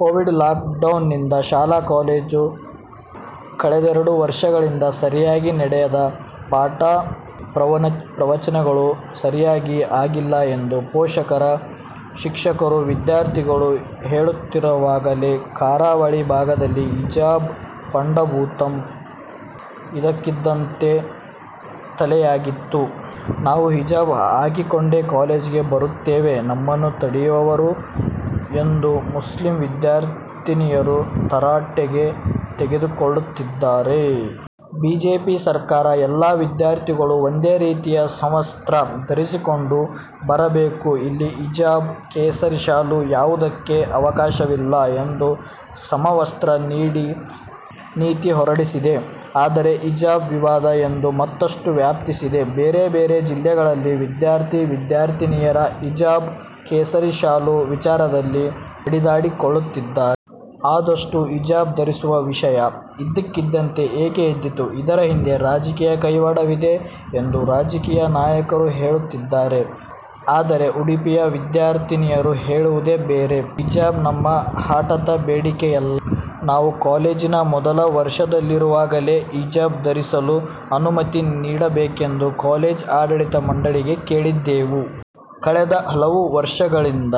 Covid lockdown ನಿಂದ ಶಾಲಾ-ಕಾಲೇಜು ಕಳೆದೆರಡು ವರ್ಷಗಳಿಂದ ಸರಿಯಾಗಿ ನಡೆಯದೆ ಪಾಠ-ಪ್ರವಚನಗಳು ಸರಿಯಾಗಿ ಆಗಿಲ್ಲ ಎಂದು ಪೋಷಕರು, ಶಿಕ್ಷಕರು, ವಿದ್ಯಾರ್ಥಿಗಳು ಹೇಳುತ್ತಿರುವಾಗಲೇ ಕರಾವಳಿ ಭಾಗದಲ್ಲಿ ಹಿಜಾಬ್ ಪಡಂಭೂತ ಇದ್ದಕ್ಕಿದ್ದಂತೆ ತಲೆಯೆದ್ದಿತು. ನಾವು ಹಿಜಾಬ್ ಹಾಕಿಕೊಂಡೇ ಕಾಲೇಜಿಗೆ ಬರುತ್ತೇವೆ, ನಮ್ಮನ್ನು ತಡೆಯುವವರಾರು ಎಂದು ಮುಸ್ಲಿಂ ವಿದ್ಯಾರ್ಥಿನಿಯರು ತರಾಟೆಗೆ ತೆಗೆದುಕೊಳ್ಳುತ್ತಿದ್ದಾರೆ. ಬಿಜೆಪಿ ಸರ್ಕಾರ ಎಲ್ಲಾ ವಿದ್ಯಾರ್ಥಿಗಳು ಒಂದೇ ರೀತಿಯ ಸಮವಸ್ತ್ರ ಧರಿಸಿಕೊಂಡು ಬರಬೇಕು, ಇಲ್ಲಿ ಹಿಜಾಬ್, ಕೇಸರಿ ಶಾಲು ಯಾವುದಕ್ಕೂ ಅವಕಾಶವಿಲ್ಲ ಎಂದು ಸಮವಸ್ತ್ರ ನೀತಿ ಹೊರಡಿಸಿದೆ. ಆದರೆ ಹಿಜಾಬ್ ವಿವಾದ ಇಂದು ಮತ್ತಷ್ಟು ವ್ಯಾಪಿಸಿದೆ. ಬೇರೆ ಬೇರೆ ಜಿಲ್ಲೆಗಳಲ್ಲಿ ವಿದ್ಯಾರ್ಥಿ-ವಿದ್ಯಾರ್ಥಿನಿಯರು ಹಿಜಾಬ್ / ಕೇಸರಿ ಶಾಲು ವಿಚಾರದಲ್ಲಿ ಬಡಿದಾಡಿಕೊಳ್ಳುತ್ತಿದ್ದಾರೆ. ಅಷ್ಟಕ್ಕೂ ಹಿಜಾಬ್ ಧರಿಸುವ ವಿಷಯ ಇದ್ದಕ್ಕಿದ್ದಂತೆ ಏಕೆ ಎದ್ದಿತು, ಇದರ ಹಿಂದೆ ರಾಜಕೀಯ ಕೈವಾಡವಿದೆ ಎಂದು ರಾಜಕೀಯ ನಾಯಕರು ಹೇಳುತ್ತಿದ್ದಾರೆ. ಆದರೆ ಉಡುಪಿಯ ವಿದ್ಯಾರ್ಥಿನಿಯರು ಹೇಳುವುದು ಬೇರೆ. ಹಿಜಾಬ್ ನಮ್ಮ ಹಠಾತ್ ಬೇಡಿಕೆಯಲ್ಲ, ನಾವು ಕಾಲೇಜಿನ ಮೊದಲ ವರ್ಷದಲ್ಲಿರುವಾಗಲೇ ಹಿಜಾಬ್ ಧರಿಸಲು ಅನುಮತಿ ನೀಡಬೇಕೆಂದು ಕಾಲೇಜು ಆಡಳಿತ ಮಂಡಳಿಗೆ ಕೇಳಿದ್ದೆವು. ಕಳೆದ ಹಲವು ವರ್ಷಗಳಿಂದ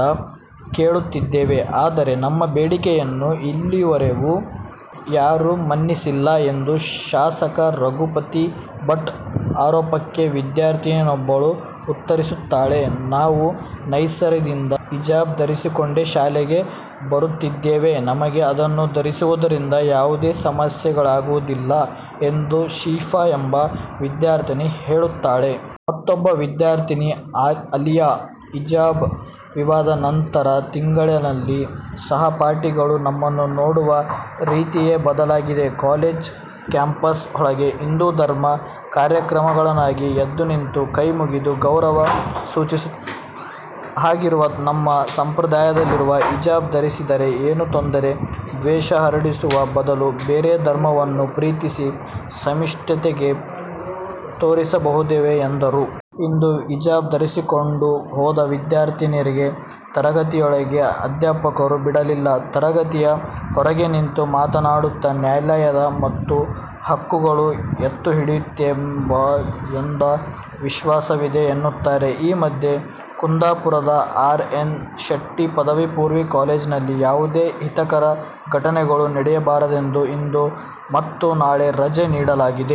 ಕೇಳುತ್ತಿದ್ದೇವೆ. ಆದರೆ ನಮ್ಮ ಬೇಡಿಕೆಯನ್ನು ಇದುವರೆಗೆ ಯಾರೂ ಮನ್ನಿಸಿಲ್ಲ ಎಂದು ಶಾಸಕ ರಘುಪತಿ ಭಟ್ ಆರೋಪಕ್ಕೆ ವಿದ್ಯಾರ್ಥಿನಿಯೊಬ್ಬಳು ಉತ್ತರಿಸುತ್ತಾಳೆ. ನಾವು ನರ್ಸರಿಯಿಂದ ಹಿಜಾಬ್ ಧರಿಸಿಕೊಂಡೇ ಶಾಲೆಗೆ ಬರುತ್ತಿದ್ದೇವೆ. ನಮಗೆ ಅದನ್ನು ಧರಿಸುವುದರಿಂದ ಯಾವುದೇ ಸಮಸ್ಯೆಯಾಗುವುದಿಲ್ಲ ಎಂದು ಶಿಫಾ ಎಂಬ ವಿದ್ಯಾರ್ಥಿನಿ ಹೇಳುತ್ತಾಳೆ. ಮತ್ತೊಬ್ಬ ವಿದ್ಯಾರ್ಥಿನಿ ಅಲಿಯಾ, ಹಿಜಾಬ್ ವಿವಾದ ನಂತರ ತರಗತಿಯಲ್ಲಿ ಸಹಪಾಠಿಗಳು ನಮ್ಮನ್ನು ನೋಡುವ ರೀತಿಯೇ ಬದಲಾಗಿದೆ. ಕಾಲೇಜು ಕ್ಯಾಂಪಸ್ ಒಳಗೆ ಹಿಂದೂ ಧರ್ಮದ ಕಾರ್ಯಕ್ರಮವಾಗುವಾಗ ಎದ್ದುನಿಂತು ಕೈ ಮುಗಿದು ಗೌರವ ಸೂಚಿಸುತ್ತೇವೆ. ಹಾಗಿರುವಾಗ ನಮ್ಮ ಸಂಪ್ರದಾಯದಲ್ಲಿರುವ ಹಿಜಾಬ್ ಧರಿಸಿದರೆ ಏನು ತೊಂದರೆ, ದ್ವೇಷ ಹರಡುವ ಬದಲು ಬೇರೆ ಧರ್ಮವನ್ನು ಪ್ರೀತಿಸಿ ಸಹಿಷ್ಣುತೆ ತೋರಿಸಬಹುದಲ್ಲವೇ ಎಂದರು. ಇಂದು ಹಿಜಾಬ್ ಧರಿಸಿಕೊಂಡು ಹೋದ ವಿದ್ಯಾರ್ಥಿನಿಯರಿಗೆ ತರಗತಿಯೊಳಗೆ ಅಧ್ಯಾಪಕರು ಬಿಡಲಿಲ್ಲ. ತರಗತಿಯ ಹೊರಗೆ ನಿಂತು ಮಾತನಾಡುತ್ತಾ, ನ್ಯಾಯಾಲಯ ನಮ್ಮ ಹಕ್ಕುಗಳನ್ನು ಎತ್ತು ಹಿಡಿಯುತ್ತದೆ ಎಂಬ ವಿಶ್ವಾಸವಿದೆ ಎನ್ನುತ್ತಾರೆ. ಈ ಮಧ್ಯೆ, ಕುಂದಾಪುರದ ಆರ್ ಎನ್ ಶೆಟ್ಟಿ ಪದವಿ ಪೂರ್ವ ಕಾಲೇಜಿನಲ್ಲಿ ಯಾವುದೇ ಅಹಿತಕರ ಘಟನೆಗಳು ನಡೆಯಬಾರದೆಂದು ಇಂದು ಮತ್ತು ನಾಳೆ ರಜೆ ನೀಡಲಾಗಿದೆ.